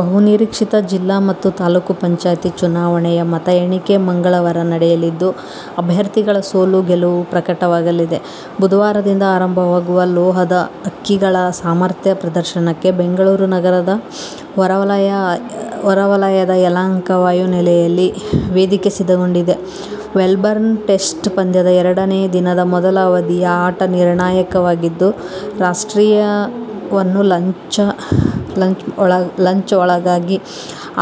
ಬಹು ನಿರೀಕ್ಷಿತ ಜಿಲ್ಲಾ ಮತ್ತು ತಾಲೂಕು ಪಂಚಾಯತ್ ಚುನಾವಣೆಯ ಮತ ಎಣಿಕೆ ಮಂಗಳವಾರ ನಡೆಯಲಿದ್ದು, ಅಭ್ಯರ್ಥಿಗಳ ಸೋಲು- ಗೆಲುವು ಪ್ರಕಟವಾಗಲಿದೆ. ಬುಧವಾರದಿಂದ ಆರಂಭವಾಗುವ ಲೋಹದ ಹಕ್ಕಿಗಳ ಸಾಮರ್ಥ್ಯ ಪ್ರದರ್ಶನಕ್ಕೆ ಬೆಂಗಳೂರು ನಗರದ ಹೊರ ವಲಯದ ಯಲಹಂಕ ವಾಯುನೆಲೆಯಲ್ಲಿ ವೇದಿಕೆ ಸಿದ್ಧಗೊಂಡಿದೆ. ಮೆಲ್ಬರ್ನ್ ಟೆಸ್ಟ್ ಪಂದ್ಯದ ಎರಡನೇ ದಿನದ ಮೊದಲ ಅವಧಿಯ ಆಟ ನಿರ್ಣಾಯಕವಾಗಿದ್ದು, ಆಸ್ಟ್ರೇಲಿಯವನ್ನು ಲಂಚ್ ಒಳಗಾಗಿ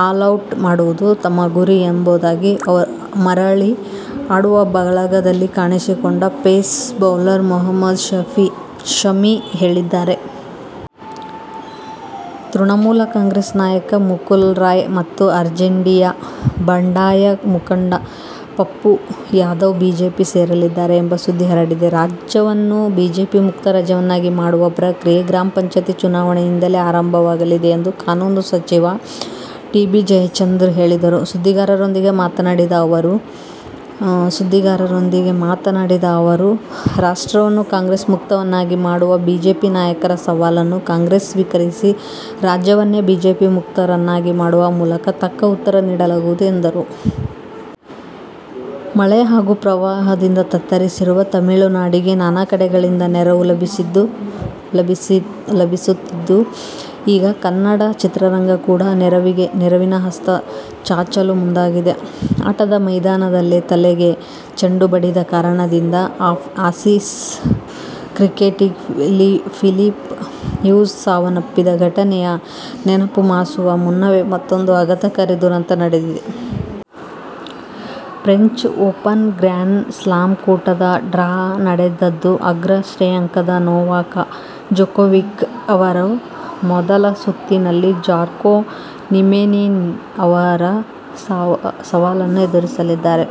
ಆಲೌಟ್ ಮಾಡುವುದು ತಮ್ಮ ಗುರಿ ಎಂಬುದಾಗಿ ಮರಳಿ ಆಡುವ ಬಳಗದಲ್ಲಿ ಕಾಣಿಸಿಕೊಂಡ ಪೇಸ್ ಬೌಲರ್ ಮೊಹಮ್ಮದ್ ಶಮಿ ಹೇಳಿದ್ದಾರೆ. ತೃಣಮೂಲ ಕಾಂಗ್ರೆಸ್ ನಾಯಕ ಮುಕುಲ್ ರಾಯ್ ಮತ್ತು ಆರ್ಜೆಡಿಯ ಬಂಡಾಯ ಮುಖಂಡ ಪಪ್ಪು ಯಾದವ್ ಬಿಜೆಪಿ ಸೇರಲಿದ್ದಾರೆ ಎಂಬ ಸುದ್ದಿ ಹರಡಿದೆ. ರಾಜ್ಯವನ್ನು ಬಿಜೆಪಿ ಮುಕ್ತ ರಾಜ್ಯವನ್ನಾಗಿ ಮಾಡುವ ಪ್ರಕ್ರಿಯೆ ಗ್ರಾಪಂ ಚುನಾವಣೆಯಿಂದಲೇ ಆರಂಭವಾಗಲಿದೆ ಎಂದು ಕಾನೂನು ಸಚಿವ ಟಿ. ಬಿ. ಜಯಚಂದ್ರ ಹೇಳಿದರು. ಸುದ್ದಿಗಾರರೊಂದಿಗೆ ಮಾತನಾಡಿದ ಅವರು, ರಾಷ್ಟ್ರವನ್ನು ಕಾಂಗ್ರೆಸ್ ಮುಕ್ತವನ್ನಾಗಿ ಮಾಡುವ ಬಿಜೆಪಿ ನಾಯಕರ ಸವಾಲನ್ನು ಕಾಂಗ್ರೆಸ್ ಸ್ವೀಕರಿಸಿ ರಾಜ್ಯವನ್ನೇ ಬಿಜೆಪಿ ಮುಕ್ತವನ್ನಾಗಿ ಮಾಡುವ ಮೂಲಕ ತಕ್ಕ ಉತ್ತರ ನೀಡಲಾಗುವುದು ಎಂದರು. ಮಳೆ ಹಾಗೂ ಪ್ರವಾಹದಿಂದ ತತ್ತರಿಸಿರುವ ತಮಿಳುನಾಡಿಗೆ ನಾನಾ ಕಡೆಗಳಿಂದ ನೆರವು ಲಭಿಸುತ್ತಿದ್ದು, ಈಗ ಕನ್ನಡ ಚಿತ್ರರಂಗ ಕೂಡಾ ನೆರವಿನ ಹಸ್ತ ಚಾಚಲು ಮುಂದಾಗಿದೆ. ಆಟದ ಮೈದಾನದಲ್ಲೇ ತಲೆಗೆ ಚೆಂಡು ಬಡಿದ ಕಾರಣದಿಂದ ಆಸೀಸ್ ಕ್ರಿಕೆಟಿಗ ಫಿಲಿಪ್ ಹ್ಯೂಸ್ ಸಾವನ್ನಪ್ಪಿದ್ದ ಘಟನೆಯ ನೆನಪು ಮಾಸುವ ಮುನ್ನವೇ ಮತ್ತೊಂದು ಆಘಾತಕಾರಿ ದುರಂತ ನಡೆದಿದೆ. ಫ್ರೆಂಚ್ ಓಪನ್ ಗ್ರ್ಯಾನ್ ಸ್ಲಾಮ್ ಕೂಟದ ಡ್ರಾ ನಡೆದಿದ್ದು ಅಗ್ರ ಶ್ರೇಯಾಂಕದ ನೊವಾಕ್ ಜೊಕೋವಿಕ್ ಅವರು ಮೊದಲ ಸುತ್ತಿನಲ್ಲಿ ಜಾರ್ಕೊ ನೀಮಿನೆನ್ ಅವರ ಸವಾಲನ್ನು ಎದುರಿಸಲಿದ್ದಾರೆ.